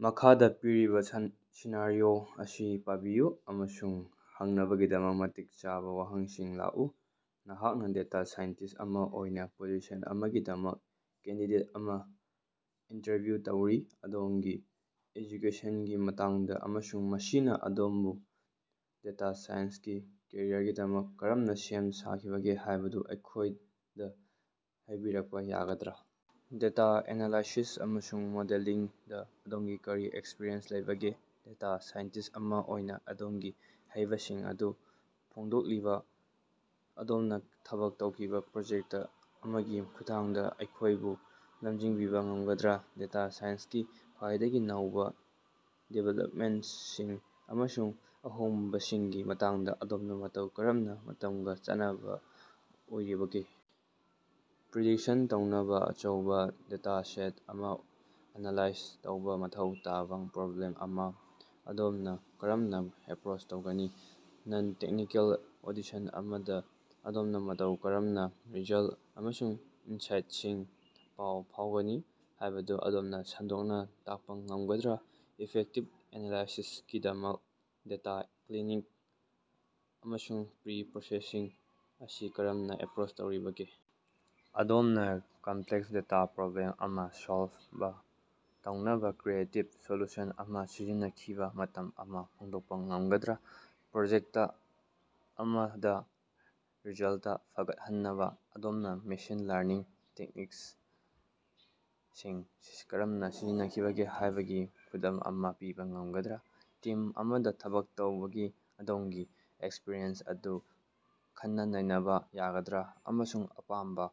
ꯃꯈꯥꯗ ꯄꯤꯔꯤꯕ ꯁꯟ ꯁꯤꯅꯥꯔꯤꯑꯣ ꯑꯁꯤ ꯄꯥꯕꯤꯌꯨ ꯑꯃꯁꯨꯡ ꯍꯪꯅꯕꯒꯤꯗꯃꯛ ꯃꯇꯤꯛ ꯆꯥꯕ ꯋꯥꯍꯪꯁꯤꯡ ꯂꯥꯛꯎ꯫ ꯅꯍꯥꯛꯅ ꯗꯦꯇꯥ ꯁꯥꯏꯟꯇꯤꯁ ꯑꯃ ꯑꯣꯏꯅ ꯄꯣꯖꯤꯁꯟ ꯑꯃꯒꯤꯗꯃꯛ ꯀꯦꯟꯗꯤꯗꯦꯠ ꯑꯃꯒ ꯏꯟꯇꯔꯚ꯭꯭ꯌꯨ ꯇꯧꯔꯤ꯫ ꯑꯗꯣꯝꯒꯤ ꯑꯦꯖꯨꯀꯦꯁꯟꯒꯤ ꯃꯇꯥꯡꯗ ꯑꯃꯁꯨꯡ ꯃꯁꯤꯅ ꯑꯗꯣꯝꯕꯨ ꯗꯦꯇꯥ ꯁꯥꯏꯟꯁꯀꯤ ꯀꯦꯔꯤꯌꯔꯒꯤꯗꯃꯛ ꯀꯔꯝꯅ ꯁꯦꯝ ꯁꯥꯈꯤꯕꯒꯦ ꯍꯥꯏꯕꯗꯨ ꯑꯩꯈꯣꯏꯗ ꯍꯥꯏꯕꯤꯔꯛꯄ ꯌꯥꯒꯗ꯭꯭ꯔꯥ? ꯗꯦꯇꯥ ꯑꯦꯅꯥꯂꯥꯏꯁꯤꯁ ꯑꯃꯁꯨꯡ ꯃꯣꯗꯦꯂꯤꯡꯗ ꯑꯗꯣꯝꯒꯤ ꯀꯔꯤ ꯑꯦꯛꯁ꯭ꯄꯔꯤꯌꯦꯟꯁ ꯂꯩꯕꯒꯦ? ꯗꯦꯇꯥ ꯁꯥꯏꯟꯇꯤꯁ ꯑꯃ ꯑꯣꯏꯅ ꯑꯗꯣꯝꯒꯤ ꯍꯩꯁꯤꯡꯕꯁꯤꯡ ꯑꯗꯨ ꯐꯣꯡꯗꯣꯛꯂꯤꯕ ꯑꯗꯣꯝꯅ ꯊꯕꯛ ꯇꯧꯈꯤꯕ ꯄ꯭ꯔꯣꯖꯦꯛꯇ ꯑꯃꯒꯤ ꯈꯨꯠꯊꯥꯡꯗ ꯑꯩꯈꯣꯏꯕꯨ ꯂꯝꯖꯤꯡꯕꯤꯕ ꯉꯝꯒꯗ꯭ꯔ? ꯗꯦꯇꯥ ꯁꯥꯏꯟꯁꯀꯤ ꯈ꯭ꯋꯥꯏꯗꯒꯤ ꯅꯧꯕ ꯗꯤꯕꯦꯂꯞꯃꯦꯟꯇꯁꯤꯡ ꯑꯃꯁꯨꯡ ꯑꯍꯣꯡꯕꯁꯤꯡꯒꯤ ꯃꯇꯥꯡꯗ ꯑꯗꯣꯝꯅ ꯃꯇꯧ ꯀꯔꯝꯅ ꯃꯇꯝꯒ ꯆꯥꯟꯅꯕ ꯑꯣꯏꯔꯤꯕꯒꯦ? ꯄ꯭꯭ꯔꯤꯗꯤꯛꯁꯟ ꯇꯧꯅꯕ ꯑꯆꯧꯕ ꯗꯦꯇꯥꯁꯦꯠ ꯑꯃ ꯑꯦꯅꯥꯂꯥꯏꯖ ꯇꯧꯕ ꯃꯊꯧ ꯇꯥꯕ ꯄ꯭ꯔꯣꯕ꯭ꯂꯦꯝ ꯑꯃ ꯑꯗꯣꯝꯅ ꯀꯔꯝꯅ ꯑꯦꯄ꯭ꯔꯣꯆ ꯇꯧꯒꯅꯤ? ꯅꯟ-ꯇꯦꯛꯅꯤꯀꯦꯜ ꯑꯣꯗꯤꯁꯟ ꯑꯃꯗ ꯑꯗꯣꯝꯅ ꯃꯇꯧ ꯀꯔꯝꯅ ꯔꯤꯖꯜꯠ ꯑꯃꯁꯨꯡ ꯏꯟꯁꯥꯏꯠꯁꯤꯡ ꯄꯥꯎ ꯐꯥꯎꯒꯅꯤ ꯍꯥꯏꯕꯗꯨ ꯑꯗꯣꯝꯅ ꯁꯟꯗꯣꯛꯅ ꯇꯥꯛꯄ ꯉꯝꯒꯗ꯭ꯔꯥ? ꯏꯐꯦꯛꯇꯤꯚ ꯑꯦꯅꯥꯂꯥꯏꯁꯤꯁꯀꯤꯗꯃꯛ ꯗꯦꯇꯥ ꯀ꯭꯭ꯂꯤꯅꯤꯡ ꯑꯃꯁꯨꯡ ꯄ꯭ꯔꯤ-ꯄ꯭꯭ꯔꯣꯁꯦꯁꯤꯡ ꯑꯁꯤ ꯀꯔꯝꯅ ꯑꯦꯄ꯭ꯔꯣꯆ ꯇꯧꯔꯤꯕꯒꯦ? ꯑꯗꯣꯝꯅ ꯀꯝꯄꯂꯦꯛꯁ ꯗꯦꯇꯥ ꯄꯔꯣꯕ꯭꯭ꯂꯦꯝ ꯑꯃ ꯁꯣꯜꯕ ꯇꯧꯅꯕ ꯀ꯭꯭ꯔꯤꯌꯦꯇꯤꯕ ꯁꯣꯂꯨꯁꯟ ꯑꯃ ꯁꯤꯖꯤꯟꯅꯈꯤꯕ ꯃꯇꯝ ꯑꯃ ꯐꯣꯡꯗꯣꯛꯄ ꯉꯝꯒꯗ꯭ꯔꯥ? ꯄ꯭꯭ꯔꯣꯖꯦꯛꯇ ꯑꯃꯗ ꯔꯤꯖꯜꯇ ꯐꯒꯠꯍꯟꯅꯕ ꯑꯗꯣꯝꯅ ꯃꯦꯁꯤꯟ ꯂꯥꯔꯅꯤꯡ ꯇꯦꯛꯅꯤꯛꯁꯤꯡ ꯀꯔꯝꯅ ꯁꯤꯖꯤꯟꯅꯈꯤꯕꯒꯦ ꯍꯥꯏꯕꯒꯤ ꯈꯨꯗꯝ ꯑꯃ ꯄꯤꯕ ꯉꯝꯒꯗ꯭ꯔ? ꯇꯤꯝ ꯑꯃꯗ ꯊꯕꯛ ꯇꯧꯕꯒꯤ ꯑꯗꯣꯝꯒꯤ ꯑꯦꯛꯁ꯭ꯄꯔꯤꯌꯦꯟꯁ ꯑꯗꯨ ꯈꯟꯅ-ꯅꯩꯅꯕ ꯌꯥꯒꯗ꯭꯭ꯔ, ꯑꯃꯁꯨꯡ ꯑꯄꯥꯝꯕ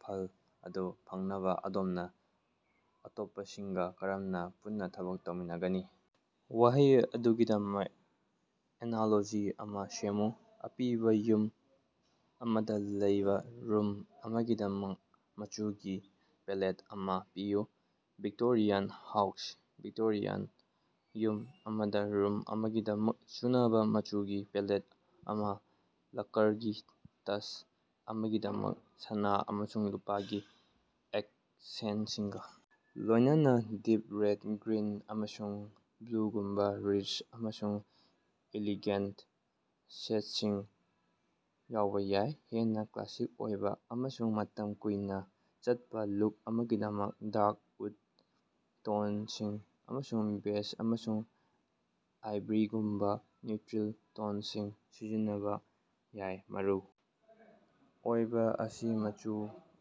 ꯐꯜ ꯑꯗꯨ ꯐꯪꯅꯕ ꯑꯗꯣꯝꯅ ꯑꯇꯣꯞꯄꯁꯤꯡꯒ ꯀꯔꯝꯅ ꯄꯨꯟꯅ ꯊꯕꯛ ꯇꯧꯃꯤꯟꯒꯅꯤ? ꯋꯥꯍꯩ ꯑꯗꯨꯒꯤꯗꯃꯛ ꯑꯦꯅꯥꯂꯣꯖꯤ ꯑꯃ ꯁꯦꯝꯃꯨ꯫ ꯑꯄꯤꯕ ꯌꯨꯝ ꯑꯃꯗ ꯂꯩꯕ ꯔꯨꯝ ꯑꯃꯒꯤꯗꯃꯛ ꯃꯆꯨꯒꯤ ꯄꯦꯂꯦꯠ ꯑꯃ ꯄꯤꯌꯨ꯫ Victorian house. ꯚꯤꯛꯇꯣꯔꯤꯌꯥꯟ ꯌꯨꯝ ꯑꯃꯗ ꯔꯨꯝ ꯑꯃꯒꯤꯗꯃꯛ ꯆꯨꯅꯕ ꯃꯆꯨꯒꯤ ꯄꯦꯂꯦꯠ ꯑꯃꯗ ꯂꯛꯀꯔꯒꯤ ꯇꯆ ꯑꯃꯒꯤꯗꯃꯛ ꯁꯅꯥ ꯑꯃꯁꯨꯡ ꯂꯨꯄꯥꯒꯤ ꯑꯦꯀꯁꯦꯟꯠꯁꯤꯡꯒ ꯂꯣꯏꯅꯅ ꯗꯤꯞ ꯔꯦꯗ, ꯒ꯭꯭ꯔꯤꯟ, ꯑꯃꯁꯨꯡ ꯕ꯭꯭ꯂꯨꯒꯨꯝꯕ ꯔꯤꯆ ꯑꯃꯁꯨꯡ ꯏꯂꯤꯒꯦꯟꯇ ꯁꯦꯠꯁꯤꯡ ꯌꯥꯎꯕ ꯌꯥꯏ꯫ ꯍꯦꯟꯅ ꯀ꯭꯭ꯂꯥꯁꯤꯛ ꯑꯣꯏꯕ ꯑꯃꯁꯨꯡ ꯃꯇꯝ ꯀꯨꯏꯅ ꯆꯠꯄ ꯂꯨꯛ ꯑꯃꯒꯤꯗꯃꯛꯇ ꯗꯥ꯭ꯔꯛ ꯎꯗ ꯇꯣꯟꯁꯤꯡ ꯑꯃꯁꯨꯡ ꯕꯦꯖ ꯑꯃꯁꯨꯡ ꯑꯥꯏꯚꯔꯤꯒꯨꯝꯕ ꯅ꯭꯭ꯌꯨꯇꯔꯤꯜ ꯇꯣꯟꯁꯤꯡꯁꯨ ꯁꯤꯖꯤꯟꯅꯕ ꯌꯥꯏ꯫ ꯃꯔꯨ ꯑꯣꯏꯕ ꯑꯁꯤ ꯃꯆꯨ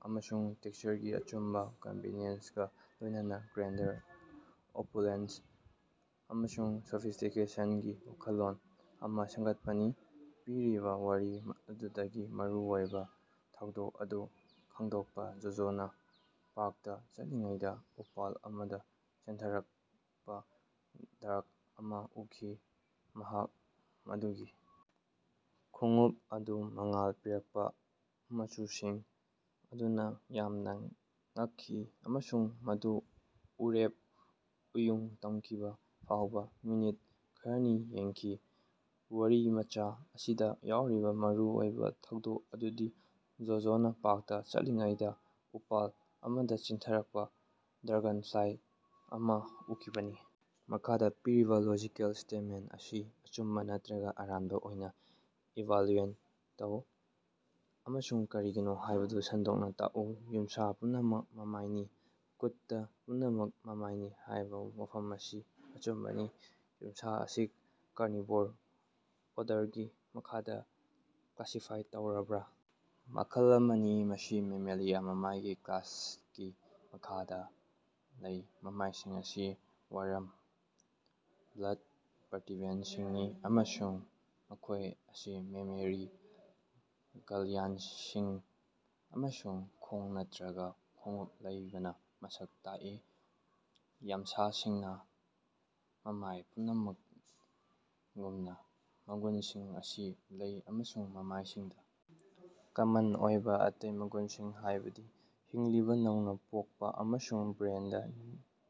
ꯑꯃꯁꯨꯡ ꯇꯦꯛꯁꯆꯔꯒꯤ ꯑꯆꯨꯝꯕ ꯀꯝꯕꯤꯅꯦꯁꯟꯒ ꯂꯣꯏꯅꯅ ꯒ꯭ꯔꯦꯟꯗꯔ, ꯑꯣꯄꯨꯂꯦꯟꯁ ꯑꯃꯁꯨꯡ ꯁꯣꯐꯤꯁ꯭ꯇꯤꯀꯦꯁꯟꯒꯤ ꯋꯥꯈꯜꯂꯣꯟ ꯑꯃ ꯁꯦꯝꯒꯠꯄꯅꯤ꯫ ꯄꯤꯔꯤꯕ ꯋꯥꯔꯤ ꯑꯗꯨꯗꯒꯤ ꯃꯔꯨꯑꯣꯏꯕ ꯊꯧꯗꯣꯛ ꯑꯗꯨ ꯈꯪꯗꯣꯛꯄ꯫ ꯖꯣꯖꯣꯅ ꯄꯥꯔꯛꯇ ꯆꯠꯂꯤꯉꯩꯗ ꯎꯄꯥꯜ ꯑꯃꯗ ꯆꯦꯟꯊꯔꯛꯄ ꯗ꯭ꯔꯒ ꯑꯃ ꯎꯈꯤ꯫ ꯃꯍꯥꯛ ꯃꯗꯨꯒꯤ ꯈꯣꯡꯎꯞ ꯑꯗꯨ ꯃꯉꯥꯜ ꯄꯤꯔꯛꯄ ꯃꯆꯨꯁꯤꯡ ꯑꯗꯨꯅ ꯌꯥꯝꯅ ꯉꯛꯈꯤ ꯑꯃꯁꯨꯡ ꯃꯗꯨ ꯎꯔꯦꯞ ꯎꯌꯨꯡ ꯇꯝꯈꯤꯕ ꯐꯥꯎꯕ ꯃꯤꯅꯤꯠ ꯈꯔꯅꯤ ꯌꯦꯡꯈꯤ꯫ ꯋꯥꯔꯤꯃꯆꯥ ꯑꯁꯤꯗ ꯌꯥꯎꯔꯤꯕ ꯃꯔꯨ ꯑꯣꯏꯕ ꯊꯧꯗꯣꯛ ꯑꯗꯨꯗꯤ ꯖꯣꯖꯣꯅꯥ ꯄꯥꯔꯛꯇꯥ ꯆꯠꯂꯤꯉꯩꯗ ꯎꯄꯥꯜ ꯑꯃꯗ ꯆꯦꯟꯊꯔꯛꯄ ꯗ꯭ꯔꯒꯟꯐ꯭ꯂꯥꯏ ꯑꯃ ꯎꯈꯤꯕꯅꯤ꯫ ꯃꯈꯥꯗ ꯄꯤꯔꯤꯕ ꯂꯣꯖꯤꯀꯦꯜ ꯁ꯭ꯇꯦꯠꯃꯦꯟꯇ ꯑꯁꯤ ꯑꯆꯨꯝꯕ ꯅꯠꯇꯔꯒ ꯑꯔꯥꯟꯕ ꯑꯣꯏꯅ ꯏꯚꯥꯂ꯭ꯌꯨꯑꯦꯠ ꯇꯧ ꯑꯃꯁꯨꯡ ꯀꯔꯤꯒꯤꯅꯣ ꯍꯥꯏꯕꯗꯨ ꯁꯟꯗꯣꯛꯅ ꯇꯥꯛꯎ: ꯌꯨꯝꯁꯥ ꯄꯨꯝꯅꯃꯛ ꯃꯃꯥꯏꯅꯤ꯫ "ꯀꯨꯠꯇꯥ ꯄꯨꯝꯅꯃꯛ ꯃꯃꯥꯏꯅꯤ" ꯍꯥꯏꯕ ꯋꯥꯐꯝ ꯑꯁꯤ ꯑꯆꯨꯝꯕꯅꯤ꯫ ꯌꯨꯝꯁꯥ ꯑꯁꯤ ꯀꯥꯔꯅꯤꯚꯣꯔꯥ ꯑꯣꯔꯗꯔꯒꯤ ꯃꯈꯥꯗ ꯀ꯭꯭ꯂꯥꯁꯤꯐꯥꯏ ꯇꯧꯔꯕ ꯃꯈꯜ ꯑꯃꯅꯤ, ꯃꯁꯤ ꯃꯦꯃꯦꯂꯤꯌꯥ ꯃꯃꯥꯏꯒꯤ ꯀ꯭꯭ꯂꯥꯁꯀꯤ ꯃꯈꯥꯗ ꯂꯩ꯫ ꯃꯃꯥꯏꯁꯤꯡ ꯑꯁꯤ ꯋꯥꯔꯝ ꯕ꯭ꯂꯗ ꯚꯔꯇꯤꯕ꯭ꯔꯦꯠꯁꯤꯡꯅꯤ ꯑꯃꯁꯨꯡ ꯃꯈꯣꯏ ꯑꯁꯤ ꯃꯦꯃꯦꯔꯤ ꯒ꯭ꯜꯌꯥꯟꯗꯁꯤꯡ ꯑꯃꯁꯨꯡ ꯈꯣꯡ ꯅꯠꯇꯔꯒ ꯈꯣꯡꯎꯞ ꯂꯩꯕꯅ ꯃꯁꯛ ꯇꯥꯛꯏ꯫ ꯌꯝꯁꯥꯁꯤꯡꯅ, ꯃꯃꯥꯏ ꯄꯨꯝꯅꯃꯛꯒꯨꯝꯅ, ꯃꯒꯨꯟꯁꯤꯡ ꯑꯁꯤ ꯂꯩ ꯑꯃꯁꯨꯡ ꯃꯃꯥꯏꯁꯤꯡꯗ ꯀꯃꯟ ꯑꯣꯏꯕ ꯑꯇꯩ ꯃꯒꯨꯟꯁꯤꯡ, ꯍꯥꯏꯕꯗꯤ ꯍꯤꯡꯂꯤꯕ ꯅꯧꯅ ꯄꯣꯛꯄ ꯑꯃꯁꯨꯡ ꯕ꯭ꯔꯦꯟꯗ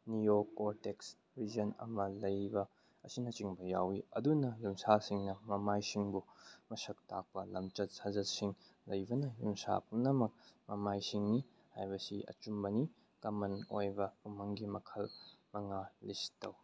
ꯅꯤꯑꯣꯀꯣꯔꯇꯦꯛꯁ ꯔꯤꯖꯟ ꯑꯃ ꯂꯩꯕ ꯑꯁꯤꯅꯆꯤꯡꯕꯥ ꯌꯥꯎꯏ꯫ ꯑꯗꯨꯅ, ꯌꯨꯝꯁꯥꯁꯤꯡꯅ ꯃꯃꯥꯏꯁꯤꯡꯕꯨ ꯃꯁꯛ ꯇꯥꯛꯄ ꯂꯝꯆꯠ-ꯁꯥꯖꯠꯁꯤꯡ ꯂꯩꯕꯅ, ꯌꯨꯝꯁꯥ ꯄꯨꯝꯅꯃꯛ ꯃꯃꯥꯏꯁꯤꯡꯅꯤ ꯍꯥꯏꯕꯁꯤ ꯑꯆꯨꯝꯕꯅꯤ꯫ ꯀꯃꯟ ꯑꯣꯏꯕ ꯎꯃꯪꯒꯤ ꯃꯈꯜ ꯃꯉꯥ ꯂꯤꯁ꯭ꯠ ꯇꯧ꯫